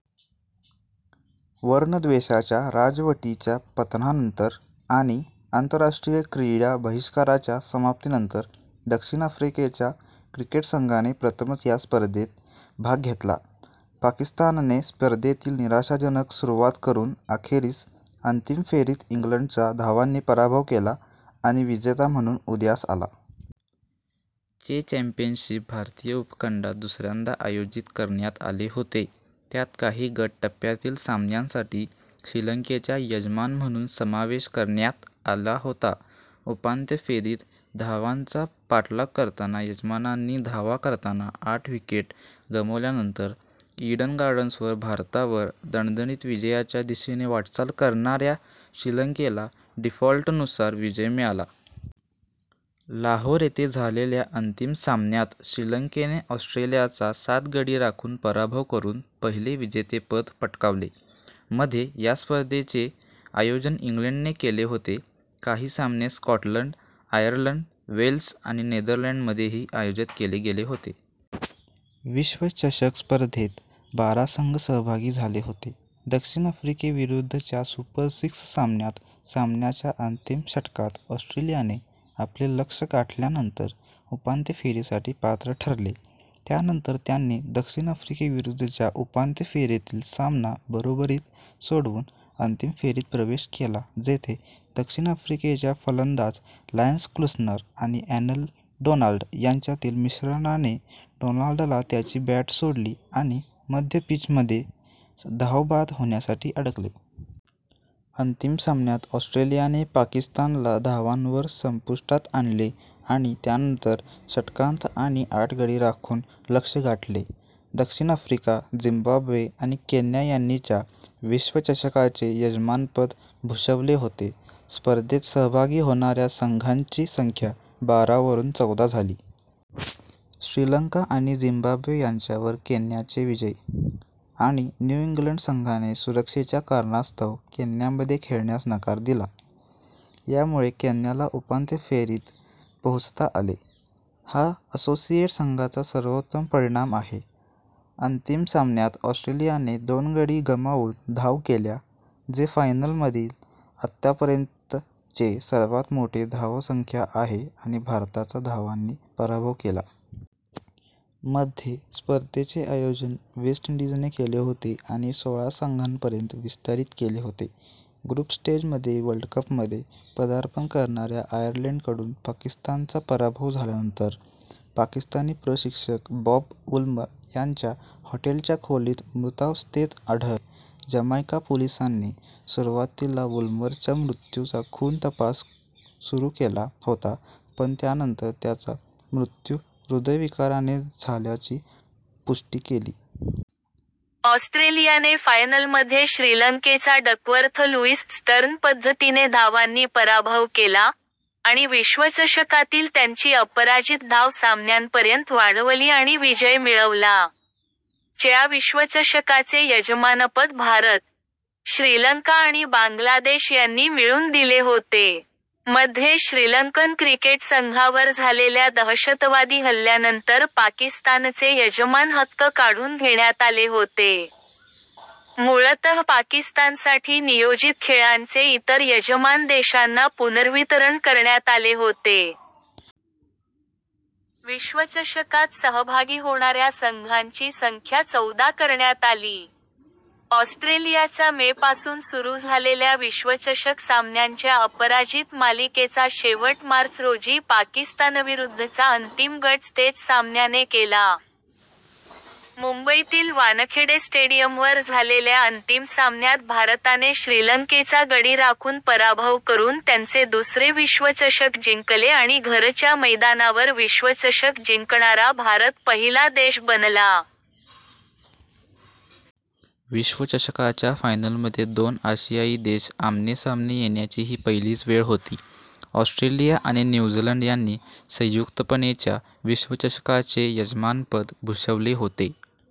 वर्णद्वेषाच्या राजवटीच्या पतनानंतर आणि आंतरराष्ट्रीय क्रीडा बहिष्काराच्या समाप्तीनंतर दक्षिण आफ्रिकेच्या क्रिकेट संघाने प्रथमच या स्पर्धेत भाग घेतला. पाकिस्तानने स्पर्धेतील निराशाजनक सुरुवात करून अखेरीस अंतिम फेरीत इंग्लंडचा धावांनी पराभव केला आणि विजेता म्हणून उदयास आला. चे चॅम्पियनशिप भारतीय उपखंडात दुसऱ्यांदा आयोजित करण्यात आले होते, त्यात काही गट टप्प्यातील सामन्यांसाठी श्रीलंकेचा यजमान म्हणून समावेश करण्यात आला होता. उपांत्य फेरीत, धावांचा पाठलाग करताना यजमानांनी धावा करताना आठ विकेट गमावल्यानंतर, ईडन गार्डन्सवर भारतावर दणदणीत विजयाच्या दिशेने वाटचाल करणाऱ्या श्रीलंकेला डीफॉल्टनुसार विजय मिळाला. लाहोर येथे झालेल्या अंतिम सामन्यात श्रीलंकेने ऑस्ट्रेलियाचा सात गडी राखून पराभव करून पहिले विजेतेपद पटकावले. मध्ये, या स्पर्धेचे आयोजन इंग्लंडने केले होते, काही सामने स्कॉटलंड, आयर्लंड, वेल्स आणि नेदरलँडमध्येही आयोजित केले गेले होते. विश्वचषक स्पर्धेत बारा संघ सहभागी झाले होते. दक्षिण आफ्रिकेविरुद्धच्या सुपर सिक्स सामन्यात सामन्याच्या अंतिम षटकात ऑस्ट्रेलियाने आपले लक्ष्य गाठल्यानंतर उपांत्य फेरीसाठी पात्र ठरले. त्यानंतर त्यांनी दक्षिण आफ्रिकेविरुद्धच्या उपांत्य फेरीतील सामना बरोबरीत सोडवून अंतिम फेरीत प्रवेश केला जेथे दक्षिण आफ्रिकेचे फलंदाज लान्स क्लुसनर आणि ॲलन डोनाल्ड यांच्यातील मिश्रणाने डोनाल्डला त्याची बॅट सोडली आणि मध्य-पिचमध्ये धावबाद होण्यासाठी अडकले. अंतिम सामन्यात ऑस्ट्रेलियाने पाकिस्तानला धावांवर संपुष्टात आणले आणि त्यानंतर षटकांत आणि आठ गडी राखून लक्ष्य गाठले. दक्षिण आफ्रिका, झिम्बाब्वे आणि केन्या यांनी च्या विश्वचषकाचे यजमानपद भूषवले होते. स्पर्धेत सहभागी होणाऱ्या संघांची संख्या बारा वरून चौदा झाली. श्रीलंका आणि झिम्बाब्वे यांच्यावर केन्याचे विजय – आणि न्यू झीलंड संघाने सुरक्षेच्या कारणास्तव केन्यामध्ये खेळण्यास नकार दिला – यामुळे केन्याला उपांत्य फेरीत पोहोचता आले, हा असोसिएट संघाचा सर्वोत्तम परिणाम आहे. अंतिम सामन्यात, ऑस्ट्रेलियाने दोन गडी गमावून धावा केल्या, जे फायनलमधील आतापर्यंतचे सर्वात मोठे धावसंख्या आहे आणि भारताचा धावांनी पराभव केला. मध्ये, स्पर्धेचे आयोजन वेस्ट इंडीजने केले होते आणि सोळा संघांपर्यंत विस्तारित केले होते. ग्रुप स्टेजमध्ये वर्ल्ड कपमध्ये पदार्पण करणाऱ्या आयर्लंडकडून पाकिस्तानचा पराभव झाल्यानंतर, पाकिस्तानी प्रशिक्षक बॉब वुलमर त्यांच्या हॉटेलच्या खोलीत मृतावस्थेत आढळले. जमैका पोलिसांनी सुरुवातीला वूल्मरच्या मृत्यूचा खून तपास सुरू केला होता पण नंतर त्याचा मृत्यू हृदयविकाराने झाल्याची पुष्टी केली. ऑस्ट्रेलियाने फायनलमध्ये श्रीलंकेचा डकवर्थ-लुईस-स्टर्न पद्धतीने धावांनी पराभव केला, आणि विश्वचषकातील त्यांची अपराजित धाव सामन्यांपर्यंत वाढवली आणि विजय मिळवला. च्या विश्वचषकाचे यजमानपद भारत, श्रीलंका आणि बांगलादेश यांनी मिळून दिले होते. मध्ये श्रीलंकन क्रिकेट संघावर झालेल्या दहशतवादी हल्ल्यानंतर पाकिस्तानचे यजमान हक्क काढून घेण्यात आले होते, मूळतः पाकिस्तानसाठी नियोजित खेळांचे इतर यजमान देशांना पुनर्वितरण करण्यात आले होते. विश्वचषकात सहभागी होणाऱ्या संघांची संख्या चौदा करण्यात आली. ऑस्ट्रेलियाचा मे पासून सुरू झालेल्या विश्वचषक सामन्यांच्या अपराजित मालिकेचा शेवट मार्च रोजी पाकिस्तानविरुद्धचा अंतिम गट स्टेज सामन्याने केला. मुंबईतील वानखेडे स्टेडियमवर झालेल्या अंतिम सामन्यात भारताने श्रीलंकेचा गडी राखून पराभव करून त्यांचे दुसरे विश्वचषक जिंकले आणि घरच्या मैदानावर विश्वचषक जिंकणारा भारत पहिला देश बनला. विश्वचषकाच्या फायनलमध्ये दोन आशियाई देश आमनेसामने येण्याची ही पहिलीच वेळ होती. ऑस्ट्रेलिया आणि न्यू झीलंड यांनी संयुक्तपणे च्या विश्वचषकाचे यजमानपद भूषवले होते.